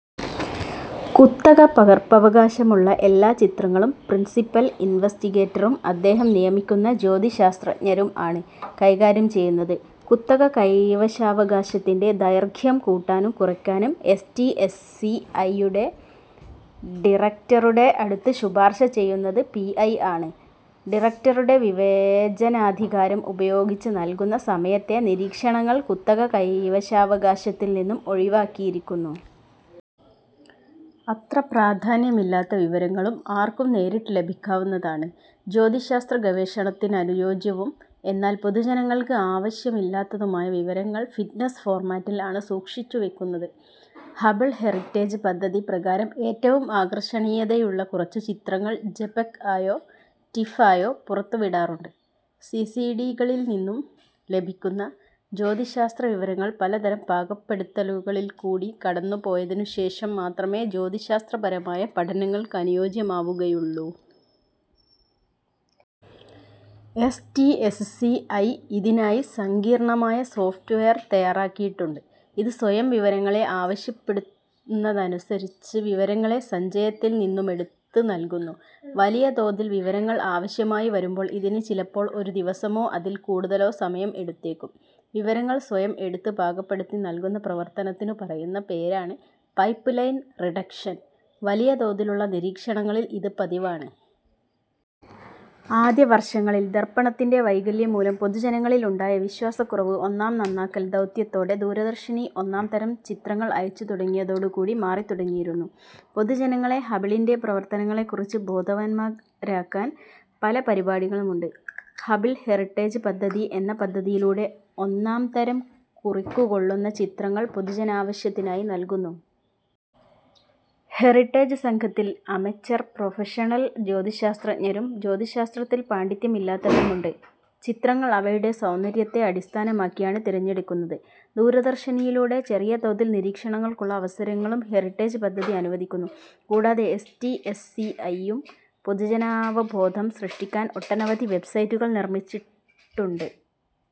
കുത്തകപകർപ്പവകാശമുള്ള എല്ലാ ചിത്രങ്ങളും പ്രിൻസിപൽ ഇൻവെസ്റ്റിഗേറ്ററും അദ്ദേഹം നിയമിക്കുന്ന ജ്യോതിശാസ്ത്രജ്ഞരും ആണ് കൈകാര്യം ചെയ്യുന്നത്. കുത്തക കൈവശാവകാശത്തിന്റെ ദൈർഘ്യം കൂട്ടാനും കുറക്കാനും S. T. S. C. I. യുടെ ഡിറക്റ്ററുടെ അടുത്ത് ശുപാർശ ചെയ്യുന്നത് പി. ഐ. ആണ്. ഡിറക്റ്ററുടെ വിവേചനാധികാരം ഉപയോഗിച്ച് നൽകുന്ന സമയത്തെ നിരീക്ഷണങ്ങൾ കുത്തക കൈവശാവകാശത്തിൽ നിന്നും ഒഴിവാക്കിയിരിക്കുന്നു. അത്ര പ്രാധാന്യമില്ലാത്ത വിവരങ്ങളും ആർക്കും നേരിട്ട് ലഭിക്കാവുന്നതാണ്. ജ്യോതിശാസ്ത്രഗവേഷണത്തിനനുയോജ്യവും എന്നാൽ പൊതുജനങ്ങൾക്ക് ആവശ്യമില്ലാത്തതുമായ വിവരങ്ങൾ ഫിറ്റ്സ് ഫോർമാറ്റിൽ ആണ് സൂക്ഷിച്ചു വെക്കുന്നത്. ഹബിൾ ഹെറിറ്റേജ് പദ്ധതി പ്രകാരം ഏറ്റവും ആകർഷണീയതയുള്ള കുറച്ചുചിത്രങ്ങൾ ജെപെഗ് ആയോ റ്റിഫ് ആയോ പുറത്തുവിടാറുണ്ട്. സി. സി. ഡി. കളിൽ നിന്നും ലഭിക്കുന്ന ജ്യോതിശാസ്ത്ര വിവരങ്ങൾ പലതരം പാകപ്പെടുത്തലുകളിൽ കൂടി കടന്നു പോയതിനു ശേഷം മാത്രമേ ജ്യോതിശാസ്ത്രപരമായ പഠനങ്ങൾക്കനുയോജ്യമാവുകയുള്ളൂ. S. T. S. C. I. ഇതിനായി സങ്കീർണ്ണമായ സോഫ്റ്റ്വെയർ തയ്യാറാക്കിയിട്ടുണ്ട്, ഇത് സ്വയം വിവരങ്ങളെ ആവശ്യപ്പെടുന്നതനുസരിച്ച് വിവരങ്ങളെ സഞ്ചയത്തിൽ നിന്നുമെടുത്ത് നൽകുന്നു. വലിയതോതിൽ വിവരങ്ങൾ ആവശ്യമായി വരുമ്പോൾ ഇതിന് ചിലപ്പോൾ ഒരു ദിവസമോ അതിൽ കൂടുതലോ സമയം എടുത്തേക്കും. വിവരങ്ങൾ സ്വയം എടുത്ത് പാകപ്പെടുത്തി നൽകുന്ന പ്രവർത്തനത്തിനു പറയുന്ന പേരാണ് 'പൈപ്പ്ലൈൻ റിഡക്ഷൻ', വലിയ തോതിലുള്ള നിരീക്ഷണങ്ങളിൽ ഇത് പതിവാണ്. ആദ്യ വർഷങ്ങളിൽ ദർപ്പണത്തിന്റെ വൈകല്യം മൂലം പൊതുജനങ്ങളിൽ ഉണ്ടായ വിശ്വാസക്കുറവ് ഒന്നാം നന്നാക്കൽ ദൗത്യത്തോടെ ദൂരദർശിനി ഒന്നാം തരം ചിത്രങ്ങൾ അയച്ചു തുടങ്ങിയതോടു കൂടി മാറിത്തുടങ്ങിയിരുന്നു. പൊതുജനങ്ങളെ ഹബിളിന്റെ പ്രവർത്തനങ്ങളെ കുറിച്ച് ബോധവാന്മാരാക്കാൻ പല പരിപാടികളുമുണ്ട്. ഹബിൾ ഹെറിട്ടേജ് പദ്ധതി എന്ന പദ്ധതിയിലൂടെ ഒന്നാംതരം കുറിക്കുകൊള്ളുന്ന ചിത്രങ്ങൾ പൊതുജനാവശ്യത്തിനായി നൽകുന്നു. ഹെറിട്ടേജ് സംഘത്തിൽ അമെച്ചെർ, പ്രൊഫഷണൽ ജ്യോതിശാസ്ത്രജ്ഞരും ജ്യോതിശാസ്തത്തിൽ പാണ്ഡിത്യം ഇല്ലാത്തവരുമുണ്ട്. ചിത്രങ്ങൾ അവയുടെ സൌന്ദര്യത്തെ അടിസ്ഥാനമാക്കിയാണ് തിരഞ്ഞെടുക്കുന്നത്. ദൂരദർശിനിയിലൂടെ ചെറിയ തോതിൽ നിരീക്ഷണങ്ങൾക്കുള്ള അവസരങ്ങളും ഹെറിട്ടേജ് പദ്ധതി അനുവദിക്കുന്നു. കൂടാതെ S. T. S. C. I യും പൊതുജനാവബോധം സൃഷ്ടിക്കാൻ ഒട്ടനവധി വെബ്സൈറ്റുകൾ നിർമ്മിച്ചിട്ടുണ്ട്.